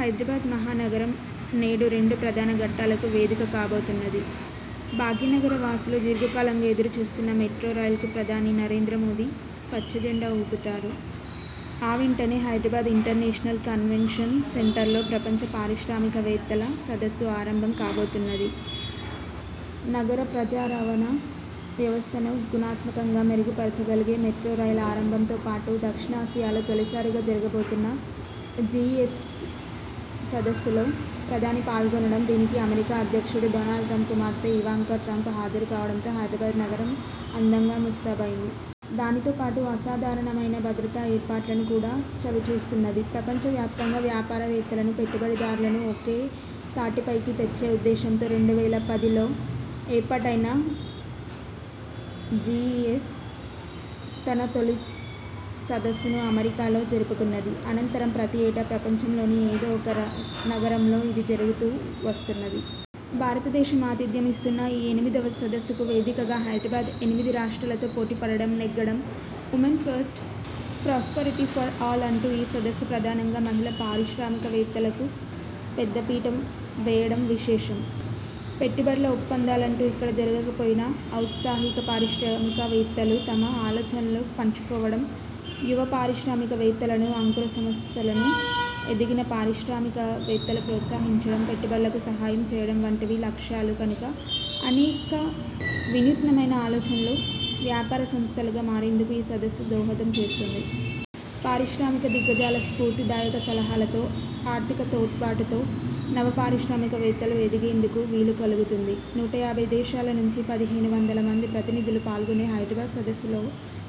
హైదరాబాద్ మహానగరం నేడు రెండు ప్రధాన ఘట్టాలకు వేదిక కాబోతున్నది. భాగ్యనగర వాసులు దీర్ఘకాలంగా ఎదురుచూస్తున్న మెట్రో రైల్కు ప్రధాని నరేంద్రమోదీ పచ్చజెండా ఊపుతారు. ఆ వెంటనే హైదరాబాద్ ఇంటర్నేషనల్ కన్వెన్షన్ సెంటర్లో ప్రపంచ పారిశ్రామిక వేత్తల సదస్సు ఆరంభం కాబోతున్నది. నగర ప్రజారవాణా వ్యవస్థను గుణాత్మకంగా మెరుగు పరచగలిగే మెట్రో రైల్ ఆరంభంతో పాటు, దక్షిణాసియాలో తొలిసారిగా జరగబోతున్న జీ ఎస్ సదస్సులో ప్రధాని పాల్గొనడం, దీనికి అమెరికా అధ్యక్షుడు డొనాల్డ్ ట్రంప్ కుమార్తె ఇవాంకా ట్రంప్ హాజరు కావడంతో హైదరాబాద్ నగరం అందంగా ముస్తాబైంది. దానితో పాటు అసాధారణమైన భద్రతా ఏర్పాట్లను కూడా చవిచూస్తున్నది. ప్రపంచ వ్యాప్తంగా వ్యాపారవేత్తలను, పెట్టుబడి దారులను ఒకే తాటిపైకి తెచ్చే ఉద్దేశంతో రెండు వేల పదిలో ఏర్పాటైన జీ ఈ ఎస్ తన తొలి సదస్సును అమెరికాలో జరుపుకున్నది. అనంతరం ప్రతి ఏటా ప్రపంచంలోని ఏదో ఒక నగరంలో ఇది జరుగుతూ వస్తున్నది. భారతదేశం ఆతిథ్యం ఇస్తున్న ఈ ఎనిమిదివ సదస్సుకు వేదికగా హైదరాబాద్ ఎనిమిది రాష్ట్రాలతో పోటీపడడం నెగ్గడం, 'women first, prosperity for all' అంటూ ఈ సదస్సు ప్రధానంగా మహిళా పారిశ్రామిక వేత్తలకు పెద్ద పీటం వేయడం విశేషం. పెట్టుబడుల ఒప్పందాలంటూ ఇక్కడ జరగక పోయినా, ఔత్సాహిక పారిశ్రామిక వేత్తలు తమ ఆలోచనలు పంచుకోవడం, యువ పారిశ్రామిక వేత్తలను, అంకుర సంస్థలను ఎదిగిన పారిశ్రామిక వేత్తలు ప్రోత్సహించడం, పెట్టుబడులకు సహాయం చేయడం వంటివి లక్ష్యాలు కనుక అనేక వినూత్నమైన ఆలోచనలు వ్యాపార సంస్థలుగా మారేందుకు ఈ సదస్సు దోహదం చేస్తుంది. పారిశ్రామిక దిగ్గజాల స్ఫూర్తిదాయక సలహాలతో, ఆర్థిక తోడ్పాటుతో నవపారిశ్రామిక వేత్తలు ఎదిగేందుకు వీలుకలుగుతుంది. నూట యాభై దేశాల నుంచి పదిహేను వందల మంది ప్రతినిధులు పాల్గొనే హైదరాబాద్ సదస్సులో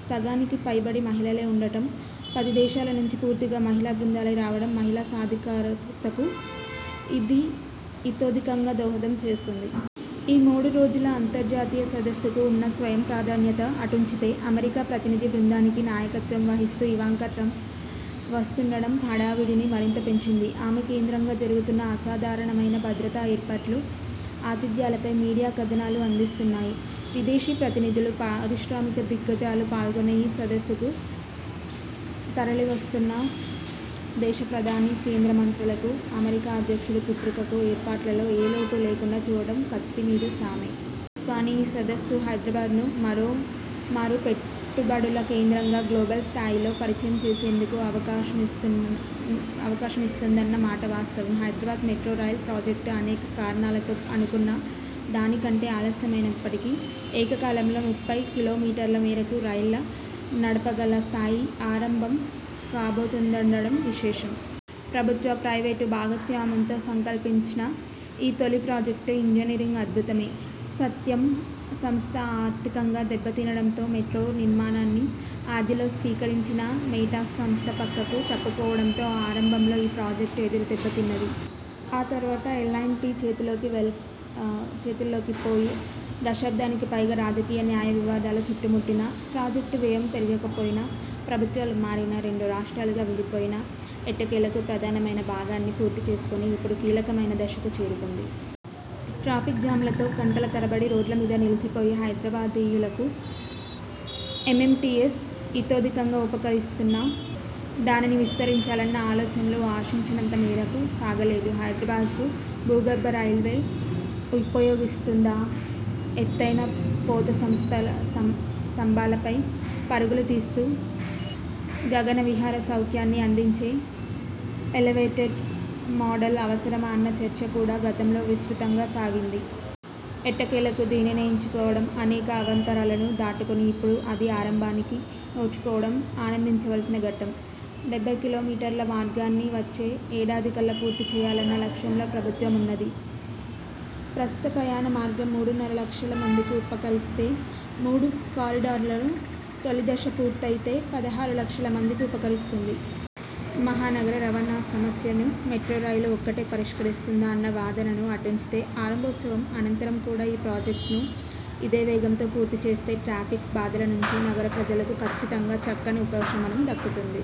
సగానికి పైబడి మహిళలే ఉండటం, పదిదేశాల నుంచి పూర్తిగా మహిళా బృందాలే రావడం మహిళా సాధికారతకు ఇది ఇతోధికంగా దోహదం చేస్తుంది. ఈ మూడు రోజుల అంతర్జాతీయ సదస్సుకు ఉన్న స్వయం ప్రాధాన్యత అటుంచితే, అమెరికా ప్రతినిధి బృందానికి నాయకత్వం వహిస్తూ ఇవాంకా ట్రంప్ వస్తుండటం హడావుడిని మరింత పెంచింది. ఆమె కేంద్రంగా జరుగుతున్న అసాధారణమైన భద్రతా ఏర్పాట్లు, ఆతిథ్యాలపై మీడియా కథనాలు అందిస్తున్నాయి. విదేశీ ప్రతినిధులు, పారిశ్రామిక దిగ్గజాలు పాల్గొనే ఈ సదస్సుకూ, తరలివస్తున్న దేశ ప్రధానికీ, కేంద్ర మంత్రులకూ, అమెరికా అధ్యక్షుడి పుత్రికకూ ఏర్పాట్లలో ఏ లోటూ లేకుండా చూడటం కత్తి మీద సామే. కానీ, ఈ సదస్సు హైదరాబాద్ను మరో మారు పెట్టుబడుల కేంద్రంగా గ్లోబల్ స్థాయిలో పరిచయం చేసేందుకు అవకాశమిస్తున్ అవకాశమిస్తుందన్న మాట వాస్తవం. హైదరాబాద్ మెట్రో రైల్ ప్రాజెక్టు అనేక కారణాలతో అనుకున్న దానికంటే ఆలస్యమైనప్పటికీ, ఏకకాలంలో ముప్పై కిలోమీటర్ల మేరకు రైళ్ళ నడపగల స్థాయిలో ఆరంభం కాబోతుందనటం విశేషం. ప్రభుత్వ, ప్రైవేటు భాగస్వామ్యంతో సంకల్పించిన ఈ తొలి ప్రాజెక్టు ఇంజనీరింగ్ అద్భుతమే. సత్యం సంస్థ ఆర్థికంగా దెబ్బ తినడంతో మెట్రో నిర్మాణాన్ని ఆదిలో స్వీకరించిన మేటాస్ సంస్థ పక్కకు తప్పుకోవడంతో ఆరంభంలో ఈ ప్రాజెక్టు ఎదురుదెబ్బ తిన్నది. ఆ తరువాత ఎల్ అండ్ టీ చేతులోకి చేతుల్లోకి పోయి, దశాబ్దానికిపైగా రాజకీయ, న్యాయ వివాదాలు చుట్టుముట్టినా, ప్రాజెక్టు వ్యయం పెరిగిపోయినా, ప్రభుత్వాలు మారినా, రెండు రాష్ట్రాలుగా విడిపోయినా ఎట్టకేలకు ప్రధానమైన భాగాన్ని పూర్తిచేసుకొని ఇప్పుడు కీలకమైన దశకు చేరుకుంది. ట్రాఫిక్ జామ్లతో గంటల తరబడి రోడ్లమీద నిలిచిపోయే హైదరాబాదీయులకు ఎం ఎం టీ ఎస్ ఇతోధికంగా ఉపకరిస్తున్నా, దానిని విస్తరించాలన్న ఆలోచనలు ఆశించినంత మేరకు సాగలేదు. హైదరాబాద్కు భూగర్భ రైల్వే ఉపయోగిస్తుందా, ఎత్తైన పోతసంస్థల స్తంభాలపై పరుగులు తీస్తూ గగనవిహార సౌఖ్యాన్ని అందించి ఎలెవేటెడ్ మోడల్ అవసరమా అన్న చర్చ కూడా గతంలో విస్తృతంగా సాగింది. ఎట్టకేలకు దీనినే ఎంచుకోవడం, అనేక అవాంతరాలను దాటుకొని ఇప్పుడు అది ఆరంభానికి నోచుకోవడం ఆనందించలసిన ఘట్టం. డెబ్బై కిలోమీటర్ల మార్గాన్నీ వచ్చే ఏడాదికల్లా పూర్తి చేయాలన్న లక్ష్యంలో ప్రభుత్వం ఉన్నది. ప్రస్తుత ప్రయాణ మార్గం మూడున్నర లక్షల మందికి ఉపకరిస్తే, మూడు కారిడార్లలో తొలిదశ పూర్తయితే పదహారు లక్షల మందికి ఉపకరిస్తుంది. మహానగర రవాణా సమస్యను మెట్రో రైలు ఒక్కటే పరిష్కరిస్తుందా అన్న వాదనను అటుంచితే, ఆరంభోత్సవం అనంతరం కూడా ఈ ప్రాజెక్టును ఇదే వేగంతో పూర్తి చేస్తే ట్రాఫిక్ బాధల నుంచి నగర ప్రజలకు కచ్చితంగా చక్కని ఉపశమనం దక్కుతుంది.